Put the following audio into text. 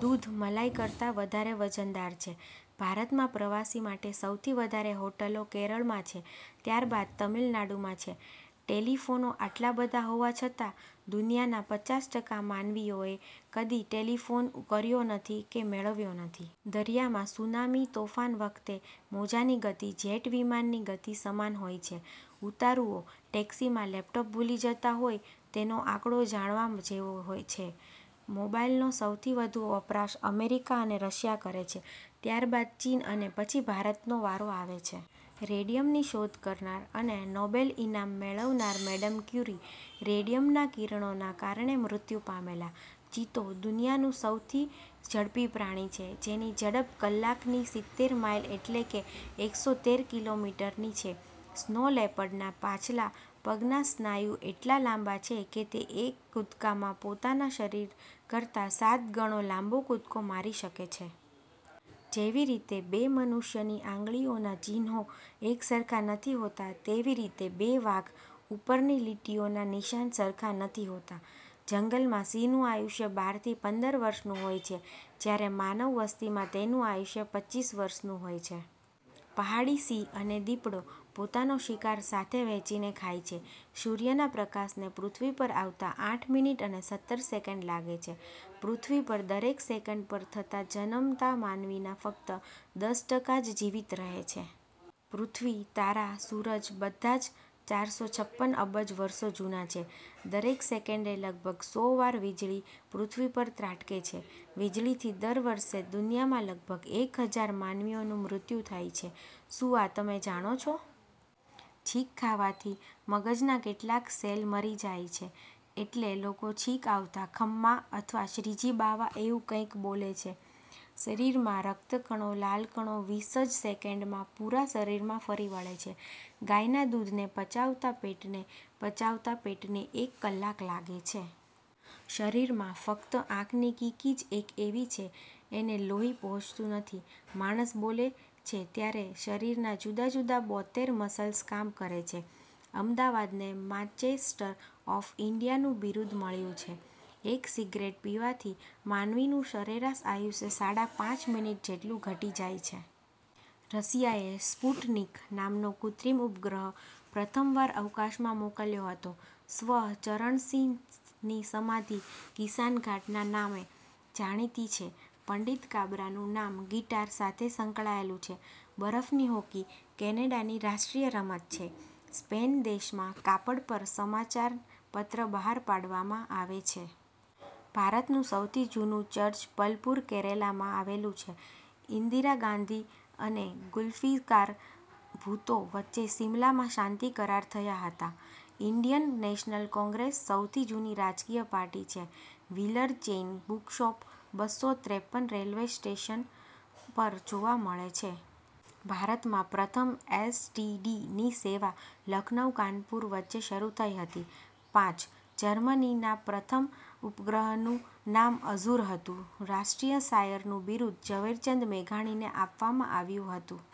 દૂધ મલાઈ કરતાં વધારે વજનદાર છે. ભારતમાં પ્રવાસી માટે સૌથી વધારે હોટલો કેરળમાં છે ત્યારબાદ તમિળનાડુમાં છે. ટેલિફોનો આટલા બધા હોવા છતાં દુનિયાનાં પચાસ ટકા માનવીઓ એ કદી ટેલિફોન કર્યો નથી કે મેળવ્યો નથી. દરિયામાં સુનામી તોફાન વખતે મોજાની ગતિ જેટ વિમાનની ગતિ સમાન હોય છે. ઉતારુઓ ટેક્સીમાં લેપટોપ ભૂલી જતાં હોય તેનો આંકડો જાણવા જેવો હોય છે. મોબાઈલનો સૌથી વધુ વપરાશ અમેરિકા અને રશિયા કરે છે, ત્યારબાદ ચીન અને પછી ભારતનો વારો આવે છે. રેડિયમની શોધ કરનાર અને નોબેલ ઈનામ મેળવનાર મેડમ ક્યુરી રેડિયમનાં કિરણોના કારણે મૃત્યુ પામેલા. ચિત્તો દુનિયાનું સૌથી ઝડપી પ્રાણી છે, જેની ઝડપ કલાકની સિતેર માઈલ એટલે કે એકસો તેર કિલોમીટર ની છે. સ્નો લેપર્ડના પાછલા પગના સ્નાયુ એટલા લાંબા છે કે તે એક કૂદકામાં પોતાના શરીર કરતા સાત ગણો લાંબો કૂદકો મારી શકે છે. જેવી રીતે બે મનુષ્યની આંગળીઓનાં ચિન્હો એક સરખા નથી હોતા તેવી રીતે બે વાઘ ઊપરની લીટીઓના નિશાન સરખા નથી હોતા. જંગલમાં સિંહનું અયુષ્ય બાર થી પંદર વર્ષનું હોય છે, જ્યારે માનવ વસ્તિમાં તેનું આયુષ્ય પચીસ વર્ષનું હોય છે. પહાડી સિંહ અને દીપડો પોતાનો શિકાર સાથે વહેંચીને ખાય છે. સૂર્યના પ્રકાશને પૃથ્વી પર આવતા આઠ મિનિટ અને સત્તર સેકંડ લાગે છે. પૃથ્વી પર દરેક સેકન્ડ પર થતા જનમતા માનવીના ફક્ત દસ ટકા જ જીવીત રહે છે. પૃથ્વી, તારા, સૂરજ બધાં જ ચારસો છપ્પન અબજ વર્ષો જૂના છે. દરેક સેકંડે લગભગ સો વાર વીજળી પૃથ્વી પર ત્રાટકે છે. વીજળીથી દર વર્ષે દુનિયામાં લગભગ એક હજાર માનવીઓનું મૃત્યુ થાય છે. શું આ તમે જાણો છો? છીંક ખાવાથી મગજનાં કેટલાક સેલ મરી જાય છે એટલે લોકો છીંક આવતા 'ખમ્મા' અથવા 'શ્રીજી બાવા' એવું કંઈક બોલે છે. શરીરમાં રક્તકણો લાલ કણો વીસ જ સેકેંડમાં પૂરા શરીરમાં ફરી વળે છે. ગાયના દૂધને પચાવતા પેટને પચાવતા પેટને એક કલાક લાગે છે. શરીરમાં ફક્ત આંખની કીકી જ એક એવી છે કે એને લોહી પહોંચતું નથી. માણસ બોલે છે ત્યારે શરીરના જુદાજુદા બોત્તેર મસલ્સ કામ કરે છે. અમદાવાદને 'માંચેસ્ટર ઑફ ઈંડિયા'નું બિરુદ મળ્યું છે. એક સિગરેટ પીવાથી માનવીનું સરેરાશ આયુષ્ય સાડા પાંચ મિનિટ જેટલું ઘટી જાય છે. રશિયાએ 'સ્પુટનિક' નામનો કુત્રિમ ઉપગ્રહ પ્રથમવાર અવકાશમાં મોકલ્યો હતો. સ્વ. ચરણસિંહની સમાધિ 'કિસાન ઘાટ' ના નામે જાણીતી છે. પંડિત કાબરાનું નામ 'ગિટાર' સાથે સંકળાયેલુ છે. 'બરફ્ની હૉકી' કૅનેડાની રાષ્ટ્રીય રમત છે. સ્પેન દેશમાં કાપડ પર સમાચાર પત્ર બહાર પાડવામાં આવે છે. ભારતનું સૌથી જૂનું ચર્ચ પલપુર-કેરેલામાં આવેલું છે. ઈંદિરા ગાંધી અને ગુલ્ફીકાર ભુત્તો વચ્ચેસિમલામાં શંતિ કરાર થયા હતા. 'ઈંડિયન નેશનલ કૉંગ્રેસ' સૌથી જૂની રાજકીય પાર્ટી છે. 'વ્હીલર' ચેઈન બુકશોપ બસો ત્રેપન રેલ્વે સ્ટેશન પર જોવા મળે છે. ભારતમાં પ્રથમ એસ. ટી. ડી. ની સેવા લખનૌ-કાનપુર વચ્ચે શરુ થઈ હતી. પાંચ. જર્મનીના પ્રથમ ઉપગ્રહનું નામ અઝુર હતું. રાષ્ટ્રીય શાયરનું બિરુદ 'ઝવેરચંદ મેઘાણી'ને આપવામાં આવ્યું હતું.